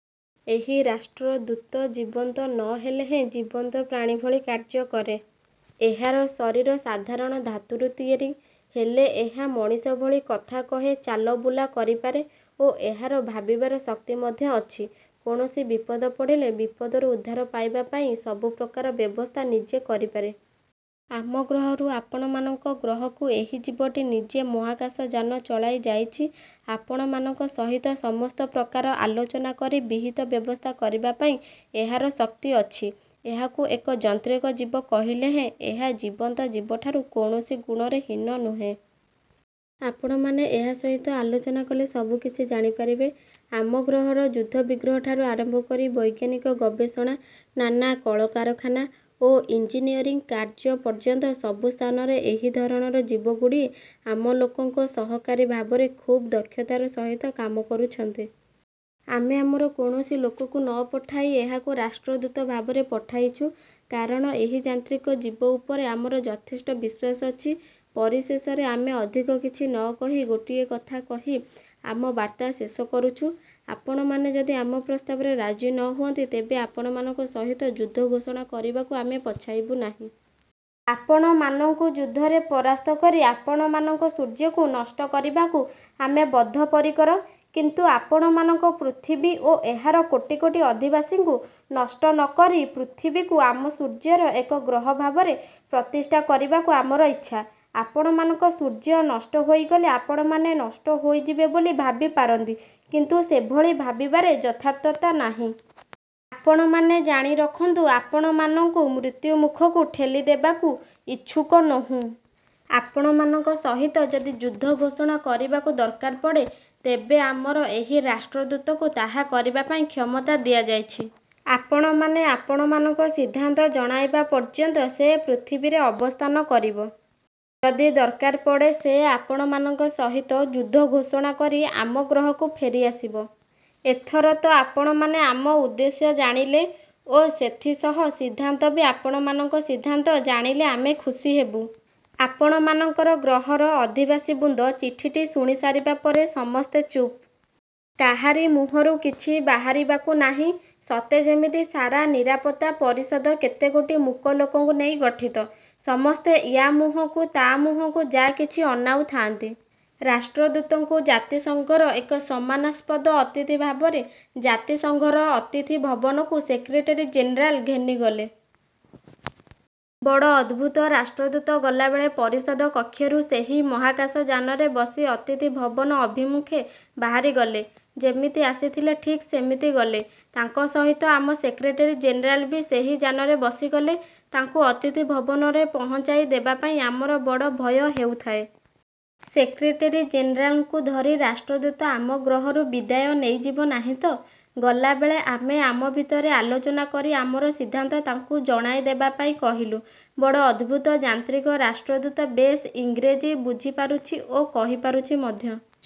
ଏହି ରାଷ୍ଟ୍ରଦୂତ ଜୀବନ୍ତ ନ ହେଲେ ହେଁ ଜୀବନ୍ତ ପ୍ରାଣୀ ଭଳି କାର୍ଯ୍ୟ କରେ। ଏହାର ଶରୀର ସାଧାରଣ ଧାତୁରୁ ତିଆରି। ହେଲେ ଏହା ମଣିଷ ଭଳି କଥା କହେ ଚାଲବୁଲା କରିପାରେ ଓ ଏହାର ଭାବିବାର ଶକ୍ତି ମଧ୍ୟ ଅଛି। କୌଣସି ବିପଦ ପଡ଼ିଲେ, ବିପଦରୁ ଉଦ୍ଧାର ପାଇବା ପାଇଁ ସବୁପ୍ରକାର ବ୍ୟବସ୍ଥା ନିଜେ କରିପାରେ। ଆମ ଗ୍ରହରୁ ଆପଣମାନଙ୍କ ଗ୍ରହକୁ ଏହି ଜୀବଟି ନିଜେ ମହାକାଶଯାନ ଚଳାଇ ଯାଇଛି। ଆପଣମାନଙ୍କ ସହିତ ସମସ୍ତ ପ୍ରକାର ଆଲୋଚନା କରି ବିହିତ ବ୍ୟବସ୍ଥା କରିବା ପାଇଁ ଏହାର ଶକ୍ତି ଅଛି। ଏହାକୁ ଏକ ଯନ୍ତ୍ରୀକଜିବ କହିଲେ ହେଁ ଏହା ଜୀବନ୍ତ ଜୀବଠାରୁ କୌଣସି ଗୁଣରେ ହୀନ ନୁହେଁ। ଆପଣମାନେ ଏହା ସହିତ ଆଲୋଚନା କଲେ ସବୁ କିଛି ଜାଣିପାରିବେ। ଆମ ଗ୍ରହର ଯୁଦ୍ଧବିଗ୍ରହଠାରୁ ଆରମ୍ଭ କରି ବୈଜ୍ଞାନିକ ଗବେଷଣା, ନାନା କଳକାରଖାନା ଓ ଇଂଜିନିୟରିଂ କାର୍ଯ୍ୟ ପର୍ଯ୍ୟନ୍ତ ସବୁ ସ୍ଥାନରେ ଏହି ଧରଣର ଜୀବଗୁଡ଼ିଏ ଆମ ଲୋକଙ୍କ ସହକାରୀ ଭାବରେ ଖୁବ୍ ଦକ୍ଷତାର ସହିତ କାମ କରୁଛନ୍ତି। ଆମେ ଆମର କୌଣସି ଲୋକକୁ ନ ପଠାଇ ଏହାକୁ ରାଷ୍ଟ୍ରଦୂତ ଭାବରେ ପଠାଇଛୁ, କାରଣ ଏହି ଯାନ୍ତ୍ରିକ ଯିବ ଉପରେ ଆମର ଯଥେଷ୍ଟ ବିଶ୍ୱାସ ଅଛି। ପରିଶେଷରେ ଆମେ ଅଧିକ କିଛି ନ କହି ଗୋଟିଏ କଥା କହି ଆମ ବାର୍ତ୍ତା ଶେଷ କରୁଛୁ। ଆପଣମାନେ ଯଦି ଆମ ପ୍ରସ୍ତାବରେ ରାଜି ନ ହୁଅନ୍ତି, ତେବେ ଆପଣମାନଙ୍କ ସହିତ ଯୁଦ୍ଧ ଘୋଷଣା କରିବାକୁ ଆମେ ପଛାଇବୁ ନାହିଁ । ଆପଣମାନଙ୍କୁ ଯୁଦ୍ଧରେ ପରାସ୍ତକରି ଆପଣମାନଙ୍କ ସୂର୍ଯ୍ୟକୁ ନଷ୍ଟ କରିବାକୁ ଆମେ ବଦ୍ଧପରିକର। କିନ୍ତୁ ଆପଣମାନଙ୍କ ପୃଥିବୀ ଓ ଏହାର କୋଟି କୋଟି ଅଧିବାସୀଙ୍କୁ ନଷ୍ଟ ନ କରି ପୃଥିବୀକୁ ଆମ ସୂର୍ଯ୍ୟର ଏକ ଗ୍ରହ ଭାବରେ ପ୍ରତିଷ୍ଠା କରିବାକୁ ଆମର ଇଚ୍ଛା। ଆପଣମାନଙ୍କ ସୂର୍ଯ୍ୟ ନଷ୍ଟ ହୋଇଗଲେ, ଆପଣମାନେ ନଷ୍ଟ ହୋଇଯିବେ ବୋଲି ଭାବିପାରନ୍ତି; କିନ୍ତୁ ସେଭଳି ଭାବିବାରେ ଯଥାର୍ଥତା ନାହିଁ। ଆପଣମାନେ ଜାଣି ରଖନ୍ତୁ ଆମେ ଆପଣମାନଙ୍କୁ ମୃତ୍ୟୁମୂଖକୁ ଠେଲିଦେବାକୁ ଇଛୁକ ନୋହୁଁ। ଆପଣମାନଙ୍କ ସହିତ ଯଦି ଯୁଦ୍ଧ ଘୋଷଣା କରିବାକୁ ଦରକାର ପଡ଼େ, ତେବେ ଆମର ଏହି ରାଷ୍ଟ୍ରଦୂତକୁ ତାହା କରିବା ପାଇଁ କ୍ଷମତା ଦିଆଯାଇଛି। ଆପଣମାନେ ଆପଣମାନଙ୍କ ସିଦ୍ଧାନ୍ତ ଜଣାଇବା ପର୍ଯ୍ୟନ୍ତ ସେ ପୃଥିବୀରେ ଅବସ୍ଥାନ କରିବ। ଯଦି ଦରକାର ପଡ଼େ, ସେ ଆପଣମାନଙ୍କ ସହିତ ଯୁଦ୍ଧ ଘୋଷଣା କରି ଆମ ଗ୍ରହକୁ ଫେରିଆସିବ। ଏଥର ତ ଆପଣମାନେ ଆମ ଉଦ୍ଦେଶ୍ୟ ଜାଣିଲେ, ଓ ସେଥିସହ ସିଦ୍ଧାନ୍ତ ବି ଆପଣମାନଙ୍କ ସିଦ୍ଧାନ୍ତ ଜାଣିଲେ ଆମେ ଖୁସିହେବୁ। ଆପଣମାନଙ୍କର ଗ୍ରହର ଅଧିବାସୀବୃନ୍ଦ ଚିଠିଟି ଶୁଣି ସାରିବା ପରେ ସମସ୍ତେ ଚୁପ୍। କାହାରି ମୁହଁରୁ କିଛି ବାହାରିବାକୁ ନାହିଁ। ସତେ ଯେମିତି ସାରା ନିରାପତ୍ତା ପରିଷଦ କେତେଗୋଟି ମୂକ ଲୋକଙ୍କୁ ନେଇ ଗଠିତ। ସମସ୍ତେ ୟା ମୁହଁକୁ ତା ମୁହଁକୁ ଯା କିଛି ଅନାଉଥାନ୍ତି। ରାଷ୍ଟ୍ରଦୂତଙ୍କୁ ଜାତିସଙ୍ଘର ଏକ ସମ୍ମାନାସ୍ପଦ ଅତିଥିଭାବରେ ଜାତିସଂଘର ଅତିଥି ଭବନକୁ ସେକ୍ରେଟେରୀ ଜେନେରାଲ ଘେନିଗଲେ। ବଡ଼ ଅଦ୍ଭୁତ, ରାଷ୍ଟ୍ରଦୂତ ଗଲାବେଳେ ପରିଷଦ କକ୍ଷରୁ ସେହି ମହାକାଶଯାନରେ ବସି ଅତିଥିଭବନ ଅଭିମୁଁଖେ ବାହାରିଗଲେ। ଯେମିତି ଆସିଥିଲେ ଠିକ୍ ସେମିତି ଗଲେ। ତାଙ୍କ ସହିତ ଆମ ସେକ୍ରେଟେରୀ ଜେନେରାଲ ବି ସେହି ଯାନରେ ବସି ଗଲେ, ତାଙ୍କୁ ଅତିଥି ଭବନରେ ପହଞ୍ଚାଇ ଦେବାପାଇଁ। ଆମର ବଡ଼ ଭୟ ହେଉଥାଏ। ସେକ୍ରେଟେରୀ ଜେନେରାଲଙ୍କୁ ଧରି ରାଷ୍ଟ୍ରଦୂତ ଆମ ଗ୍ରହରୁ ବିଦାୟ ନେଇଯିବ ନାହିଁତ-? ଗଲାବେଳେ ଆମେ ଆମ ଭିତରେ ଆଲୋଚନ କରି ଆମର ସିଦ୍ଧାନ୍ତ ତାଙ୍କୁ ଜଣାଇଦେବା ପାଇଁ କହିଲୁ। ବଡ଼ ଅଦ୍ଭୁତ, ଯାନ୍ତ୍ରିକ ରାଷ୍ଟ୍ରଦୂତ ବେଶ୍ ଇଂରେଜୀ ବୁଝିପାରୁଛି ଓ କହି ପାରୁଛି ମଧ୍ୟ